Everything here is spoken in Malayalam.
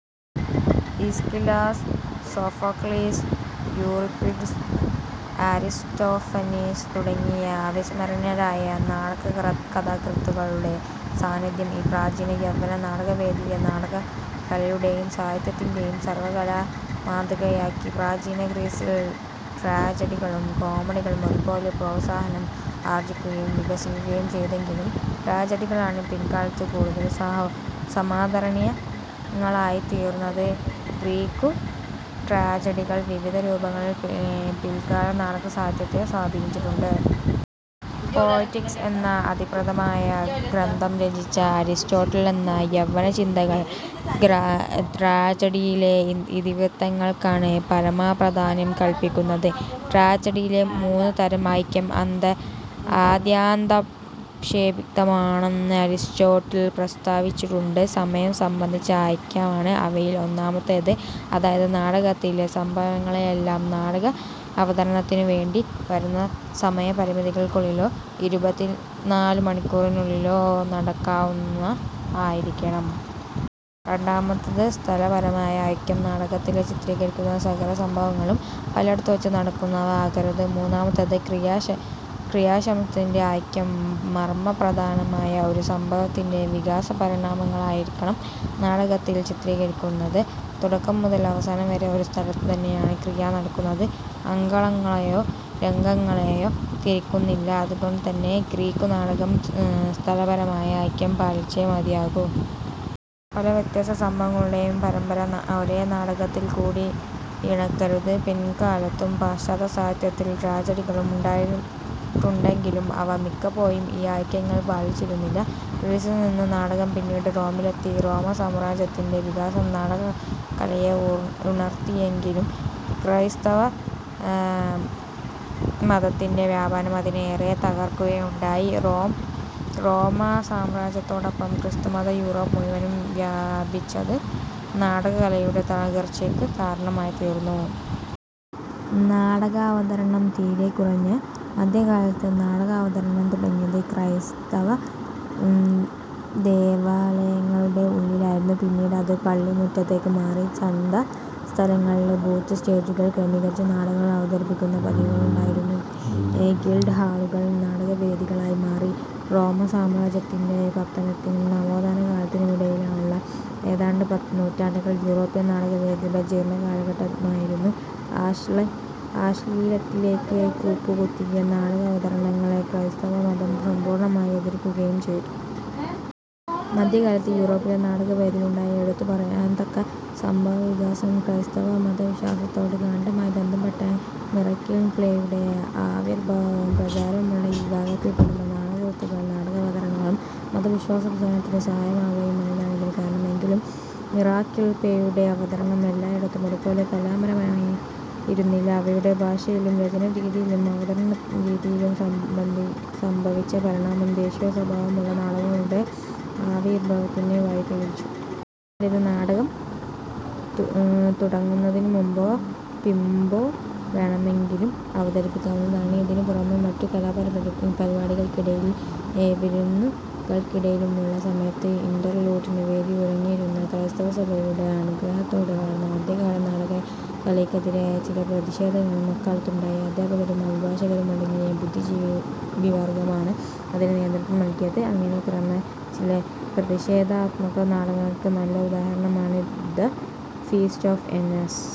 ഈസ്കിലസ്, സോഫോക്ളീസ്, യൂറിപ്പിഡിസ്, അരിസ്റ്റോഫനിസ് തുടങ്ങിയ അവിസ്മരണീയരായ നാടകകഥകൃത്തുക്കളുടെ സാന്നിധ്യം ഈ പ്രാചീന യവ്വന നാടകവേദിയെ നാടകകലയുടെയും സാഹിത്യത്തിൻ്റെയും സർവകാലമാതൃകയാക്കി. പ്രാചീന ഗ്രീസിൽ ട്രാജഡികളും കോമഡികളും ഒരുപോലെ പ്രോത്സാഹനം ആർജിക്കുകയും വികസിക്കുകയും ചെയ്തെങ്കിലും ട്രാജഡികളാണ് പില്ക്കാലത്ത് കൂടുതൽ സമാ സമാദരണീയങ്ങളായിത്തീർന്നത്. ഗ്രീക്കുട്രാജഡികൾ വിവിധ രൂപങ്ങളിൽ പില്ക്കാല നാടകസാഹിത്യത്തെ സ്വാധീനിച്ചിട്ടുണ്ട്. പൊയറ്റിക്സ് എന്ന അതിപ്രധാനമായ ഗ്രന്ഥം രചിച്ച അരിസ്റ്റോട്ടൽ എന്ന യവ്വനചിന്തകൻ ഗ്ര ട്രാജഡിയിലെ ഇതിവൃത്തങ്ങൾക്കാണ് പരമപ്രാധാന്യം കല്പിക്കുന്നത്. ട്രാജഡിയിലെ മൂന്നുതരം ഐക്യം അന്ത അത്യന്താപേക്ഷിതമാണെന്ന് അരിസ്റ്റോട്ടിൽ പ്രസ്താവിച്ചിട്ടുണ്ട്. സമയം സംബന്ധിച്ച ഐക്യം ആണ് അവയിൽ ഒന്നാമത്തേത്. അതായത് നാടകത്തിലെ സംഭവങ്ങളെയല്ലാം നാടകാവതരണത്തിനുവേണ്ടി വരുന്ന സമയപരിധിക്കുള്ളിലോ ഇരുപത്തിനാലുമണിക്കൂറിനുള്ളിലോ നടക്കാവുന്ന ആയിരിക്കണം. രണ്ടാമത്തേത് സ്ഥലപരമായ ഐക്യം. നാടകത്തിൽ ചിത്രീകരിക്കുന്ന സകല സംഭവങ്ങളും പലേടത്തുവച്ച് നടക്കുന്നവ ആകരുത്. മുന്നാമത്തേത് ക്രിയാശ ക്രിയാംശത്തിൻ്റെ ഐക്യം മർമപ്രധാനമായ ഒരു സംഭവത്തിൻ്റെ വികാസപരിണാമങ്ങളായിരിക്കണം നാടകത്തിൽ ചിത്രീകരിക്കുന്നത്. തുടക്കം മുതൽ അവസാനം വരെ ഒരു സ്ഥലത്തുതന്നെയാണ് ക്രിയ നടക്കുന്നത്. അങ്കങ്ങളായോ രംഗങ്ങളായോ തിരക്കുന്നില്ല. അതുകൊണ്ടുതന്നെ ഗ്രീക്കുനാടകം സ്ഥലപരമായ ഐക്യം പാലിച്ചേ മതിയാകൂ. പല വ്യത്യസ്ത സംഭവങ്ങളുടെയും പരമ്പര ഒരേ നാടകത്തിൽ കൂട്ടിയിണക്കരുത്. പിൻക്കാലത്തും പാശ്ചാത്യസാഹിത്യത്തിൽ ട്രാജഡികളും ഉണ്ടായിട്ടുണ്ടെങ്കിലും അവ മിക്കപ്പോഴും ഈ ഐക്യങ്ങൾ പാലിച്ചിരുന്നില്ല. ഗ്രീസിൽ നിന്നും നാടകം പിന്നീട് റോമിലെത്തി, റോമാസാമ്രാജ്യത്തിൻ്റെ വികാസം നാടകകലയെ ഉ ഉണർത്തിയെങ്കിലും ക്രൈസ്തവമതത്തിൻ്റെ വ്യാപനം അതിനെ ഏറെ തകർക്കുകയുണ്ടായി. റോമ് റോമാ സാമ്രാജ്യത്തോടൊപ്പം ക്രിസ്തുമതം യുറോപ്പ് മുഴുവൻ വ്യാപിച്ചത് നാടകകലയുടെ തളർച്ചയ്ക്കു കാരണമായിത്തീർന്നു. നാടകാവതരണം തീരെ കുറഞ്ഞ. മധ്യകാലത്ത് നാടകാവതരണം തുടങ്ങിയത് ക്രൈസ്തവദേവാലയങ്ങളുടെ ഉള്ളിലായിരുന്നു. പിന്നീട് അതു പള്ളിമുറ്റത്തേക്കു മാറി. ചന്തസ്ഥലങ്ങളിലെ ബൂത്ത് സ്റ്റേജുകൾ ക്രമീകരിച്ച് നാടകങ്ങൾ അവതരിപ്പിക്കുന്ന പതിവുമുണ്ടായിരുന്നു. ഗിൽഡ് ഹാളുകളും നാടകവേദികളായി മാറി. റോമാസാമ്രാജ്യത്തിൻ്റെ പതനത്തിനും നവോത്ഥാനകാലത്തിനുമിടയിലുള്ള ഏതാണ്ട് പത്ത് നൂറ്റാണ്ടുകൾ യൂറോപ്യൻ നാടകവേദിയുടെ ജീർണകാലഘട്ടമായിരുന്നു. ആശ്ല അശ്ളീലത്തിലേക്ക് കൂപ്പുകുത്തിയ നാടകാവതരണങ്ങളെ ക്രൈസ്തവമതം സമ്പൂർണമായി എതിർക്കുകയും ചെയ്തു. മധ്യകാലത്ത് യുറോപ്പിലെ നാടകവേദിയിലുണ്ടായ എടുത്തുപറയത്തക്ക സംഭവവികാസം ക്രൈസ്തവ മതവിശ്വാസത്തോട് ഗാഢമായി ബന്ധപ്പെട്ട 'മിറക്കിൾ പ്ലേ'യുടെ ആവിർഭാവവും പ്രചാരവുമാണ്. ഈ വിഭാഗത്തിൽപ്പെടുന്ന നാടകകൃതികളും നാടകാവതരണങ്ങളും മതവിശ്വാസപ്രചാരണത്തിന് സഹായകമായിരുന്നു എന്നതാണ് ഇതിനു കാരണം. എങ്കിലും മിറക്കിൾ പ്ലേയുടെ അവതരണം എല്ലായിടത്തും ഒരുപോലെ കലാപരമായിരുന്നില്ല. അവയുടെ ഭാഷയിലും രചനാരീതിയിലും അവതരണരീതിയിലും സംഭ സംഭവിച്ച പരിണാമം ദേശീയസ്വഭാവമുള്ള നാടകങ്ങളുടെ ആവിർഭാവത്തിന് വഴിതെളിച്ചു. എന്നാൽ ഇത് നാടകം തുടങ്ങുന്നതിനുമുമ്പോ പിമ്പോ വേണമെങ്കിലും അവതരിപ്പിക്കാവുന്നതാണ്. ഇതിനുപുറമേ മറ്റു കലാപരിപാടി കലാപരിപാടികൾക്കിടയിലും വിരുന്നുകൾക്കിടയിലുള്ള സമയത്തും ഇന്റർലൂഡിന് വേദി ഒരുങ്ങിയിരുന്നു. ക്രൈസ്തവസഭയുടെ അനുഗ്രഹത്തോടെ വളർന്ന മധ്യകാല നാടകകലയ്ക്കെതിരായ ചില പ്രതിഷേധങ്ങളും അക്കാലത്തുണ്ടായി. അധ്യാപകരും അഭിഭാഷകരുമടങ്ങിയ ബുദ്ധിജീവിവർഗമാണ് അതിന് നേതൃത്വം നല്കിയത്. അങ്ങനെ പിറന്ന ചില പ്രതിഷേധാത്മക നാടകങ്ങൾക്ക് നല്ല ഉദാഹരണമാണ് the feast of an as.